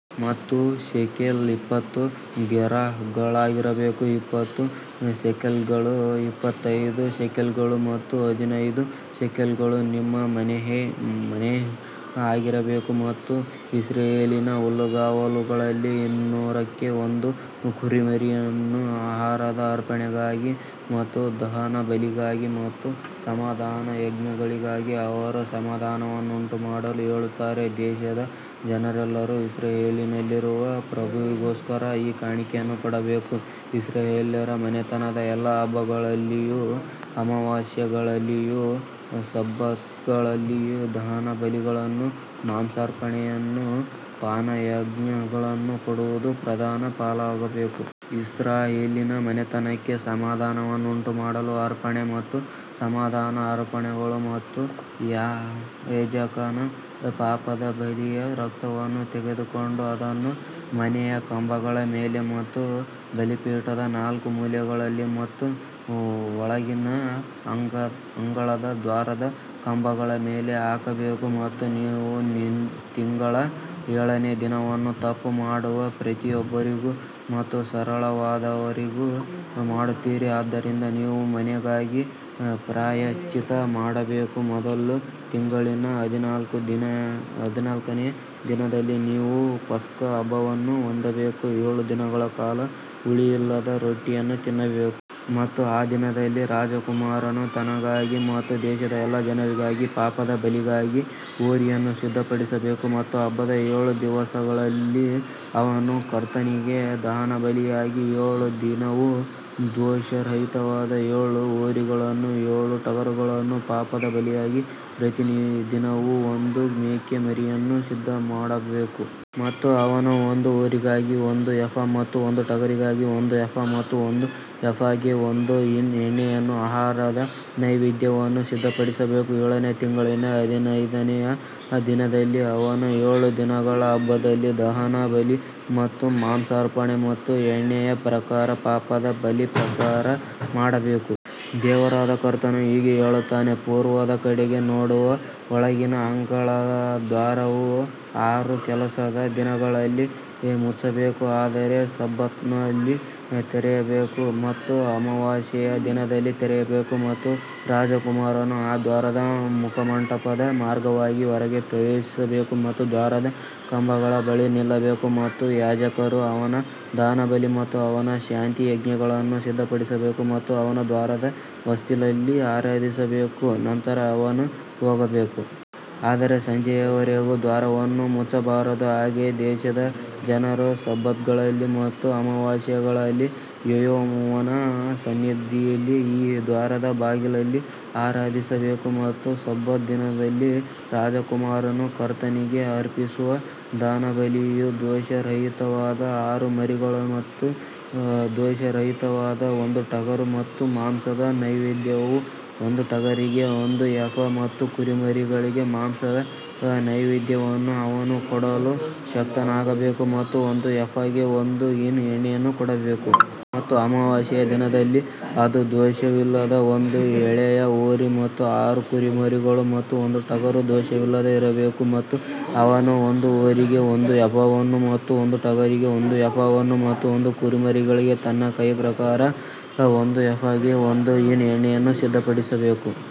ಮತ್ತು ಶೆಕೆಲ್ ಇಪ್ಪತ್ತು ಗೇರಾಗಳಾಗಿರಬೇಕು, ಇಪ್ಪತ್ತು ಶೆಕೆಲ್ಗಳು, ಇಪ್ಪತ್ತೈದು ಶೆಕೆಲ್ಗಳು ಮತ್ತು ಹದಿನೈದು ಶೆಕೆಲ್ಗಳು ನಿಮ್ಮ ಮನೇಹ್ ಆಗಿರಬೇಕು. ಮತ್ತು ಇಸ್ರಾಯೇಲಿನ ಹುಲ್ಲುಗಾವಲುಗಳಲ್ಲಿ ಇನ್ನೂರಕ್ಕೆ ಒಂದು ಕುರಿಮರಿಯನ್ನು ಆಹಾರದ ಅರ್ಪಣೆಗಾಗಿ ಮತ್ತು ದಹನಬಲಿಗಾಗಿ ಮತ್ತು ಸಮಾಧಾನಯಜ್ಞಗಳಿಗಾಗಿ ಅವರಿಗೆ ಸಮಾಧಾನವನ್ನುಂಟುಮಾಡಲು ಹೇಳುತ್ತಾನೆ. ದೇಶದ ಜನರೆಲ್ಲರೂ ಇಸ್ರಾಯೇಲಿನಲ್ಲಿರುವ ಪ್ರಭುವಿಗೋಸ್ಕರ ಈ ಕಾಣಿಕೆಯನ್ನು ಕೊಡಬೇಕು ಇಸ್ರಾಯೇಲ್ಯರ ಮನೆತನದ ಎಲ್ಲಾ ಹಬ್ಬಗಳಲ್ಲಿಯೂ ಅಮಾವಾಸ್ಯೆಗಳಲ್ಲಿಯೂ ಸಬ್ಬತ್ಗಳಲ್ಲಿ ದಹನಬಲಿಗಳನ್ನೂ ಮಾಂಸಾರ್ಪಣೆಗಳನ್ನೂ ಪಾನಯಜ್ಞಗಳನ್ನೂ ಕೊಡುವುದು ಪ್ರಧಾನನ ಪಾಲಾಗಬೇಕು. ಇಸ್ರಾಯೇಲಿನ ಮನೆತನಕ್ಕೆ ಸಮಾಧಾನವನ್ನುಂಟುಮಾಡಲು ಅರ್ಪಣೆ ಮತ್ತು ಸಮಾಧಾನದ ಅರ್ಪಣೆಗಳು ಮತ್ತು ಯಾಜಕನು ಪಾಪದ ಬಲಿಯ ರಕ್ತವನ್ನು ತೆಗೆದುಕೊಂಡು ಅದನ್ನು ಮನೆಯ ಕಂಬಗಳ ಮೇಲೆ ಮತ್ತು ಬಲಿಪೀಠದ ನಾಲ್ಕು ಮೂಲೆಗಳಲ್ಲಿ ಮತ್ತು ಒಳಗಿನ ಅಂಗಳದ ದ್ವಾರದ ಕಂಬಗಳ ಮೇಲೆ ಹಾಕಬೇಕು. ಮತ್ತು ನೀವು ತಿಂಗಳ ಏಳನೇ ದಿನವನ್ನು ತಪ್ಪು ಮಾಡುವ ಪ್ರತಿಯೊಬ್ಬರಿಗೂ ಮತ್ತು ಸರಳವಾದವರಿಗೂ ಮಾಡುತ್ತೀರಿ ಆದ್ದರಿಂದ ನೀವು ಮನೆಗಾಗಿ ಪ್ರಾಯಶ್ಚಿತ್ತ ಮಾಡಬೇಕು ಮೊದಲ ತಿಂಗಳಿನ ಹದಿನಾಲ್ಕನೆಯ ದಿನದಲ್ಲಿ ನೀವು ಪಸ್ಕ ಹಬ್ಬವನ್ನು ಹೊಂದಬೇಕು, ಏಳು ದಿನಗಳ ಕಾಲ ಹುಳಿಯಿಲ್ಲದ ರೊಟ್ಟಿಯನ್ನು ತಿನ್ನಬೇಕು. ಮತ್ತು ಆ ದಿನದಲ್ಲಿ ರಾಜಕುಮಾರನು ತನಗಾಗಿ ಮತ್ತು ದೇಶದ ಎಲ್ಲಾ ಜನರಿಗಾಗಿ ಪಾಪದ ಬಲಿಗಾಗಿ ಹೋರಿಯನ್ನು ಸಿದ್ಧಪಡಿಸಬೇಕು ಮತ್ತು ಹಬ್ಬದ ಏಳು ದಿವಸಗಳಲ್ಲಿ ಅವನು ಕರ್ತನಿಗೆ ದಹನಬಲಿಯಾಗಿ ಏಳು ದಿನವೂ ದೋಷರಹಿತವಾದ ಏಳು ಹೋರಿಗಳನ್ನೂ ಏಳು ಟಗರುಗಳನ್ನೂ ಪಾಪದ ಬಲಿಗಾಗಿ ಪ್ರತಿದಿನವೂ ಒಂದು ಮೇಕೆ ಮರಿಯನ್ನೂ ಸಿದ್ಧಮಾಡಬೇಕು. ಮತ್ತು ಅವನು ಒಂದು ಹೋರಿಗಾಗಿ ಒಂದು ಏಫ ಮತ್ತು ಒಂದು ಟಗರಿಗೆ ಒಂದು ಏಫ ಮತ್ತು ಒಂದು ಎಫಾಗೆ ಒಂದು ಹಿನ್ ಎಣ್ಣೆಯನ್ನು ಆಹಾರದ ನೈವೇದ್ಯವನ್ನು ಸಿದ್ಧಪಡಿಸಬೇಕು. ಏಳನೆಯ ತಿಂಗಳಿನ ಹದಿನೈದನೆಯ ದಿನದಲ್ಲಿ ಅವನು ಏಳು ದಿನಗಳ ಹಬ್ಬದಲ್ಲಿ ದಹನಬಲಿ ಮತ್ತು ಮಾಂಸಾರ್ಪಣೆ ಮತ್ತು ಎಣ್ಣೆಯ ಪ್ರಕಾರ ಪಾಪದ ಬಲಿಯ ಪ್ರಕಾರ ಮಾಡಬೇಕು. ದೇವರಾದ ಕರ್ತನು ಹೀಗೆ ಹೇಳುತ್ತಾನೆ, ಪೂರ್ವದ ಕಡೆಗೆ ನೋಡುವ ಒಳಗಿನ ಅಂಗಳದ ದ್ವಾರವು ಆರು ಕೆಲಸದ ದಿನಗಳಲ್ಲಿ ಮುಚ್ಚಬೇಕು ಆದರೆ ಸಬ್ಬತ್ನಲ್ಲಿ ತೆರೆಯಬೇಕು ಮತ್ತು ಅಮಾವಾಸ್ಯೆಯ ದಿನದಲ್ಲಿ ತೆರೆಯಬೇಕು. ಮತ್ತು ರಾಜಕುಮಾರನು ಆ ದ್ವಾರದ ಮುಖಮಂಟಪದ ಮಾರ್ಗವಾಗಿ ಹೊರಗೆ ಪ್ರವೇಶಿಸಬೇಕು ಮತ್ತು ದ್ವಾರದ ಕಂಬದ ಬಳಿ ನಿಲ್ಲಬೇಕು ಮತ್ತು ಯಾಜಕರು ಅವನ ದಹನಬಲಿ ಮತ್ತು ಅವನ ಶಾಂತಿಯಜ್ಞಗಳನ್ನು ಸಿದ್ಧಪಡಿಸಬೇಕು ಮತ್ತು ಅವನು ದ್ವಾರದ ಹೊಸ್ತಿಲಲ್ಲಿ ಆರಾಧಿಸಬೇಕು ನಂತರ ಅವನು ಹೋಗಬೇಕು. ಆದರೆ ಸಂಜೆಯವರೆಗೆ ದ್ವಾರವನ್ನು ಮುಚ್ಚಬಾರದು ಹಾಗೆಯೇ ದೇಶದ ಜನರು ಸಬ್ಬತ್ಗಳಲ್ಲಿ ಮತ್ತು ಅಮಾವಾಸ್ಯೆಗಳಲ್ಲಿ ಯೆಹೋವನ ಸನ್ನಿಧಿಯಲ್ಲಿ ಈ ದ್ವಾರದ ಬಾಗಿಲಲ್ಲಿ ಆರಾಧಿಸಬೇಕು. ಮತ್ತು ಸಬ್ಬತ್ ದಿನದಲ್ಲಿ ರಾಜಕುಮಾರನು ಕರ್ತನಿಗೆ ಅರ್ಪಿಸುವ ದಹನಬಲಿಯು ದೋಷರಹಿತವಾದ ಆರು ಕುರಿಮರಿಗಳು ಮತ್ತು ದೋಷರಹಿತವಾದ ಒಂದು ಟಗರು ಮತ್ತು ಮಾಂಸದ ನೈವೇದ್ಯವು ಒಂದು ಟಗರಿಗೆ ಒಂದು ಎಫಾ ಮತ್ತು ಕುರಿಮರಿಗಳಿಗೆ ಮಾಂಸದ ನೈವೇದ್ಯವನ್ನು ಅವನು ಕೊಡಲು ಶಕ್ತನಾಗಬೇಕು ಮತ್ತು ಒಂದು ಎಫಾಗೆ ಒಂದು ಹಿನ್ ಎಣ್ಣೆಯನ್ನು ಕೊಡಬೇಕು. ಮತ್ತು ಅಮಾವಾಸ್ಯೆಯ ದಿನದಲ್ಲಿ ಅದು ದೋಷವಿಲ್ಲದ ಒಂದು ಎಳೆಯ ಹೋರಿ ಮತ್ತು ಆರು ಕುರಿಮರಿಗಳು ಮತ್ತು ಒಂದು ಟಗರು ದೋಷವಿಲ್ಲದೆ ಇರಬೇಕು. ಮತ್ತು ಅವನು ಒಂದು ಹೋರಿಗೆ ಒಂದು ಎಫಾವನ್ನು ಮತ್ತು ಒಂದು ಟಗರಿಗೆ ಒಂದು ಎಫಾವನ್ನು ಮತ್ತು ಕುರಿಮರಿಗಳಿಗೆ ತನ್ನ ಕೈಯ ಪ್ರಕಾರ ಒಂದು ಎಫಾಗೆ ಒಂದು ಹಿನ್ ಎಣ್ಣೆಯನ್ನು ಸಿದ್ಧಪಡಿಸಬೇಕು.